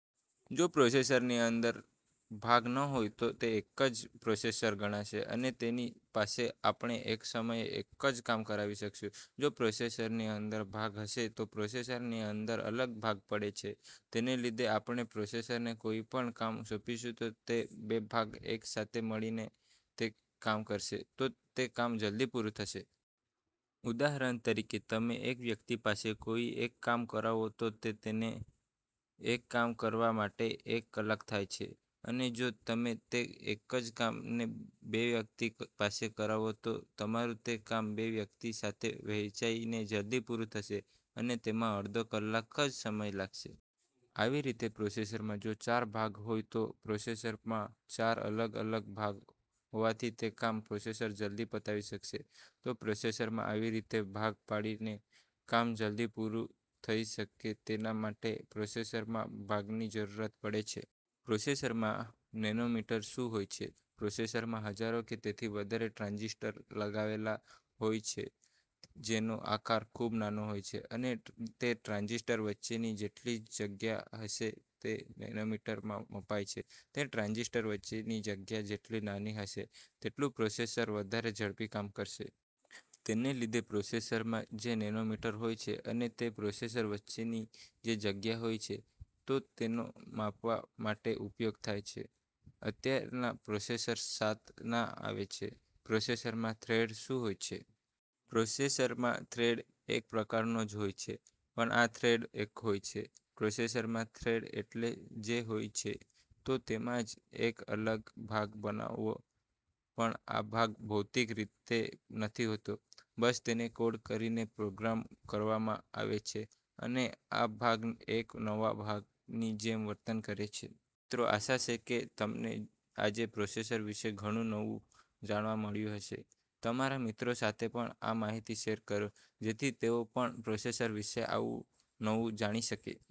જો પ્રોસેસરની અંદર ભાગ ન હોય તો તે એક જ પ્રોસેસર ગણાશે અને તેની પાસે આપણે એક સમયે એક જ કામ કરાવી શકીશું. જો પ્રોસેસરની અંદર ભાગ હશે તો પ્રોસેસરની અંદર અલગ ભાગ પડે છે તેને લીધે આપણે પ્રોસેસરને કોઈ પણ કામ સોંપીશું તો તે બે ભાગ એક સાથે મળીને તે કામ કરશે તો તે કામ જલ્દી પૂરું થશે. ઉદાહરણ તરીકે તમે એક વ્યક્તિ પાસે કોઈ એક કામ કરાવો તો તેને એક કામ કરવા માટે એક કલાક થાય છે અને જો તમે તે એક જ કામને બે વ્યક્તિ પાસે કરાવો તો તમારું તે કામ બે વ્યક્તિ સાથે વહેંચાઈને જલ્દી પુરુ થશે અને તેમાં અડધો કલાક જ સમય લાગશે. આવી રીતે પ્રોસેસરમાં જો ચાર ભાગ હોય તો પ્રોસેસરમાં ચાર અલગ-અલગ ભાગ હોવાથી તે કામ પ્રોસેસર જલ્દી પતાવી શકશે. તો પ્રોસેસરમાં આવી રીતે ભાગ પાડીને કામ જલ્દી પુરુ થઈ શકે તેના માટે પ્રોસેસરમાં ભાગ ની જરૂરત પડે છે. પ્રોસેસરમાં નેનોમીટર શું હોય છે? પ્રોસેસરમાં હજારો કે તેથી વધારે ટ્રાંજિસ્ટર લગાવેલા હોય છે જેનો આકાર ખૂબ નાનો હોય છે અને તે ટ્રાંજિસ્ટર વચ્ચેની જેટલી જગ્યા હશે તે નેનોમીટરમાં મપાય છે. તે ટ્રાંજિસ્ટર વચ્ચેની જગ્યા જેટલી નાની હશે તેટલું પ્રોસેસર વધારે ઝડપી કામ કરશે. તેને લીધે પ્રોસેસરમાં જે નેનોમીટર હોય છે અને તે પ્રોસેસર વચ્ચેની જે જગ્યા હોય છે તો તેને માપવા માટે ઉપયોગ થાય છે. અત્યારના પ્રોસેસર સાત ના આવે છે. પ્રોસેસરમાં થ્રેડ શું હોય છે? પ્રોસેસરમાં થ્રેડ એક પ્રકારનો જ હોય છે પણ આ થ્રેડ એક હોય છે. પ્રોસેસરમાં થ્રેડ એટલે જે હોય છે તો તેમાં જ એક અલગ ભાગ બનાવવો પણ આ ભાગ ભૌતિક રીતે નથી હોતો, બસ તેને કોડ કરીને પ્રોગ્રામ કરવામાં આવે છે અને આ ભાગ એક નવા ભાગની જેમ વર્તન કરે છે. તો મિત્રો આશા છે કે તમને આજે પ્રોસેસર વિશે ઘણું નવું જાણવા મળ્યું હશે, તમારા મિત્રો સાથે પણ આ માહિતી શેર કરો જેથી તેઓ પણ પ્રોસેસર વિશે આવું નવું જાણી શકે.